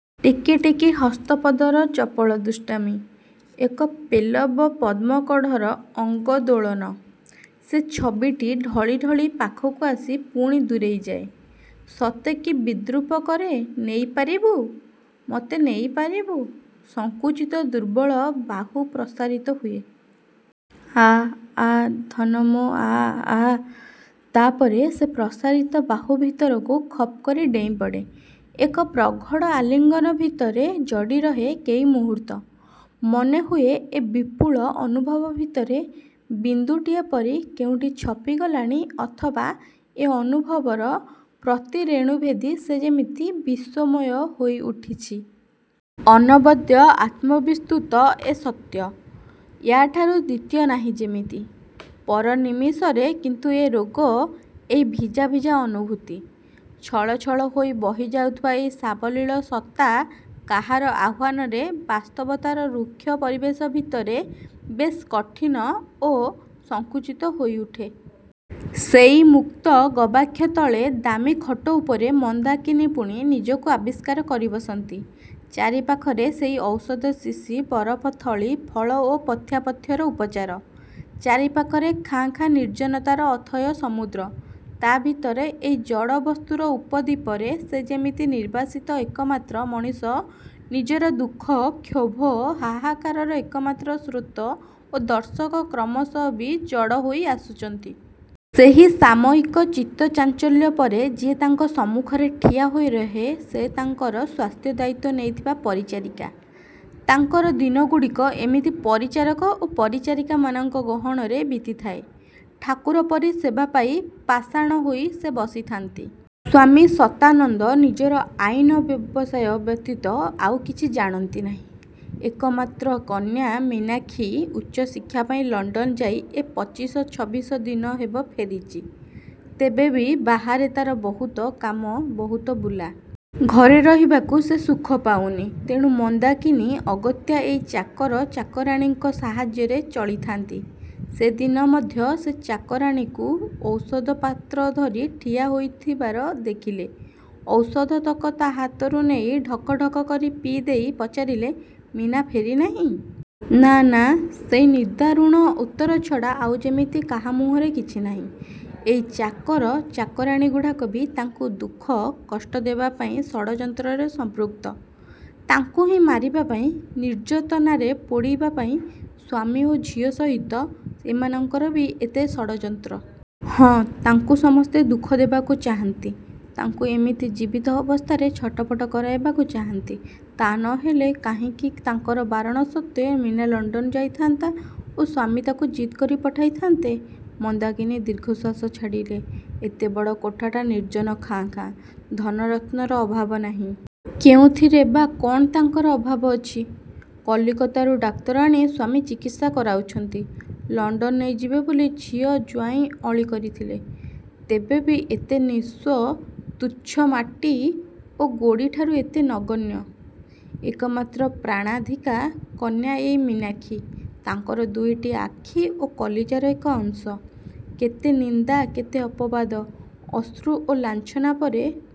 ଟିକି ଟିକି ହସ୍ତପଦର ଚପଳ ଦୁଷ୍ଟାମୀ । ଏକ ପେଲବ ପଦ୍ମ କଢ଼ର ଅଙ୍ଗ ଦୋଳନ। ସେ ଛବିଟି ଢଳି ଢଳି ପାଖକୁ ଆସି ପୁଣି ଦୂରେଇ ଯାଏ । ସତେ କି ବିଦ୍ରୁପ କରେ, ନେଇ ପାରିବୁ? ମତେ ନେଇ ପାରିବୁ? ସଂକୁଚିତ ଦୁର୍ବଳ ବାହୁ ପ୍ରସାରିତ ହୁଏ। ଆ ଆ ଧନ ମୋ ଆ ଆ । ତାପରେ ସେ ପ୍ରସାରିତ ବାହୁ ଭିତରକୁ ଖପ୍ କରି ଡେଇଁପଡ଼େ। ଏକ ପ୍ରଗଢ଼ ଆଲିଙ୍ଗନ ଭିତରେ ଜଡ଼ି ରହେ କେଇ ମୁହୂର୍ତ୍ତ। ମନେହୁଏ ଏ ବିପୁଳ ଅନୁଭବ ଭିତରେ ବିନ୍ଦୁଟିଏ ପରି କେଉଁଠି ଛପି ଗଲାଣି ଅଥବା ଏ ଅନୁଭବର ପ୍ରତି ରେଣୁ ଭେଦି ସେ ଯେମିତି ବିଶ୍ଵମୟ ହୋଇ ଉଠିଛି। ଅନବଦ୍ୟ, ଆତ୍ମବିସ୍ତୃତ ଏ ସତ୍ୟ । ୟା ଠାରୁ ଦ୍ଵିତୀୟ ନାହିଁ ଯେମିତି । ପର ନିମିଷରେ କିନ୍ତୁ ଏ ରୋଗ, ଏଇ ଭିଜା ଭିଜା ଅନୁଭୂତି। ଛଳ ଛଳ ହୋଇ ବହିଯାଉଥିବା ଏଇ ସାବଲୀଳ ସତ୍ତା କାହାର ଆହ୍ଵାନରେ ବାସ୍ତବତାର ରୁକ୍ଷ ପରିବେଶ ଭିତରେ ବେଶ୍ କଠିନ ଓ ସଙ୍କୁଚିତ ହୋଇ ଉଠେ। ସେଇ ମୁକ୍ତ ଗବାକ୍ଷ ତଳେ ଦାମି ଖଟ ଉପରେ ମନ୍ଦାକିନୀ ପୁଣି ନିଜକୁ ଆବିଷ୍କାର କରି ବସନ୍ତି। ଚାରି ପାଖରେ ସେହି ଔଷଧ ଶିଶି, ବରଫଥଳି, ଫଳ ଓ ପଥ୍ୟାପଥ୍ୟର ଉପଚାର। ଚାରି ପାଖରେ ଖାଁ ଖାଁ ନିର୍ଜନତାର ଅଥୟ ସମୁଦ୍ର। ତା ଭିତରେ ଏଇ ଜଡ଼ ବସ୍ତୁର ଉପଦ୍ୱୀପରେ ସେ ଯେମିତି ନିର୍ବାସିତ ଏକମାତ୍ର ମଣିଷ ନିଜର ଦୁଃଖ, କ୍ଷୋଭ, ହାହାକାର ର ଏକମାତ୍ର ଶ୍ରୋତ ଓ ଦର୍ଶକ କ୍ରମଶ ବି ଜଡ଼ ହୋଇ ଆସୁଚନ୍ତି । ସେହି ସାମୟିକ ଚିତ୍ତ ଚାଞ୍ଚଲ୍ୟ ପରେ ଯିଏ ତାଙ୍କ ସମ୍ମୁଖରେ ଠିଆ ହୋଇ ରହେ ସେ ତାଙ୍କର ସ୍ୱାସ୍ଥ୍ୟ ଦାୟିତ୍ଵ ନେଇଥିବା ପରିଚାରିକା । ତାଙ୍କର ଦିନଗୁଡ଼ିକ ଏମିତି ପରିଚାରକ ଓ ପରିଚାରିକା ମାନଙ୍କ ଗହଣରେ ବିତିଥାଏ। ଠାକୁର ପରି ସେବା ପାଇ ପାଷାଣ ହୋଇ ସେ ବସିଥାନ୍ତି । ସ୍ୱାମୀ ସତାନନ୍ଦ ନିଜର ଆଇନ ବ୍ୟବସାୟ ବ୍ୟତୀତ ଆଉ କିଛି ଜାଣନ୍ତି ନାହିଁ। ଏକମାତ୍ର କନ୍ୟା ମୀନାକ୍ଷୀ ଉଚ୍ଚ ଶିକ୍ଷାପାଇଁ ଲଣ୍ଡନ ଯାଇ ଏ ପିଚିଶ ଛବିଶ ଦିନ ହେବ ଫେରିଚି । ତେବେ ବି ବାହାରେ ତାର ବହୁତ କାମ, ବହୁତ ବୁଲା । ଘରେ ରହିବାକୁ ସେ ସୁଖ ପାଉନି, ତେଣୁ ମନ୍ଦାକିନୀ ଅଗତ୍ୟା ଏଇ ଚାକର, ଚାକରାଣୀଙ୍କ ସାହାଯ୍ୟରେ ଚଳିଥାନ୍ତି। ସେ ଦିନ ମଧ୍ୟ ସେ ଚାକରାଣୀକୁ ଔଷଧ ପାତ୍ର ଧରି ଠିଆ ହୋଇଥିବାର ଦେଖିଲେ। ଔଷଧତକ ତା ହାତରୁ ନେଇ ଢକଢ଼କ କରି ପିଇ ଦେଇ ପଚାରିଲେ, ମୀନା ଫେରି ନାହିଁ? ନାଁ ନାଁ ସେଇ ନିଦାରୁଣ ଉତ୍ତର ଛଡ଼ା ଆଉ ଯେମିତି କାହା ମୁହଁରେ କିଛି ନାହିଁ। ଏଇ ଚାକର, ଚାକରାଣୀଗୁଡ଼ାକ ବି ତାଙ୍କୁ ଦୁଃଖ, କଷ୍ଟ ଦେବାପାଇଁ ଷଡ଼ଯନ୍ତ୍ର ରେ ସଂପୃକ୍ତ। ତାଙ୍କୁ ହିଁ ମାରିବାପାଇଁ, ନିର୍ଜତନା ରେ ପୋଡ଼ିବାପାଇଁ ସ୍ୱାମୀ ଓ ଝିଅ ସହିତ ଏମାନଙ୍କର ବି ଏତେ ଷଡ଼ଯନ୍ତ୍ର । ହଁ ତାଙ୍କୁ ସମସ୍ତେ ଦୁଃଖ ଦେବାକୁ ଚାହାନ୍ତି, ତାଙ୍କୁ ଏମିତି ଜୀବିତ ଅବସ୍ଥାରେ ଛଟପଟ କରାଇବାକୁ ଚାହାନ୍ତି ତା ନହେଲେ କାହିଁକି ତାଙ୍କର ବାରଣସତ୍ତ୍ୱେ ମୀନା ଲଣ୍ଡନ ଯାଇଥାନ୍ତା ଓ ସ୍ୱାମୀ ତାକୁ ଜିଦ୍ କରି ପଠାଇଥାନ୍ତେ? ମନ୍ଦାକିନୀ ଦୀର୍ଘଶ୍ଵାସ ଛାଡ଼ିଲେ । ଏତେ ବଡ଼ କୋଠାଟା ନିର୍ଜନ ଖାଁ ଖାଁ, ଧନରତ୍ନର ଅଭାବ ନାହିଁ। କେଉଁଥିରେ ବା କଣ ତାଙ୍କର ଅଭାବ ଅଛି । କଲିକତାରୁ ଡାକ୍ତର ଆଣି ସ୍ୱାମୀ ଚିକିତ୍ସା କରାଉଛନ୍ତି। ଲଣ୍ଡନ ନେଇଯିବେ ବୋଲି ଝିଅ, ଜ୍ଵାଇଁ ଅଳି କରିଥିଲେ। ତେବେ ବି ଏତେ ନିଃସ୍ୱ, ତୁଚ୍ଛ ମାଟି ଓ ଗୋଡ଼ିଠାରୁ ଏତେ ନଗଣ୍ୟ । ଏକମାତ୍ର ପ୍ରାଣାଧିକା କନ୍ୟା ଏଇ ମୀନାକ୍ଷୀ, ତାଙ୍କର ଦୁଇଟି ଆଖି ଓ କଲିଜାର ଏକ ଅଂଶ। କେତେ ନିନ୍ଦା କେତେ ଅପବାଦ, ଅଶ୍ରୁ ଓ ଲାଞ୍ଛନା ପରେ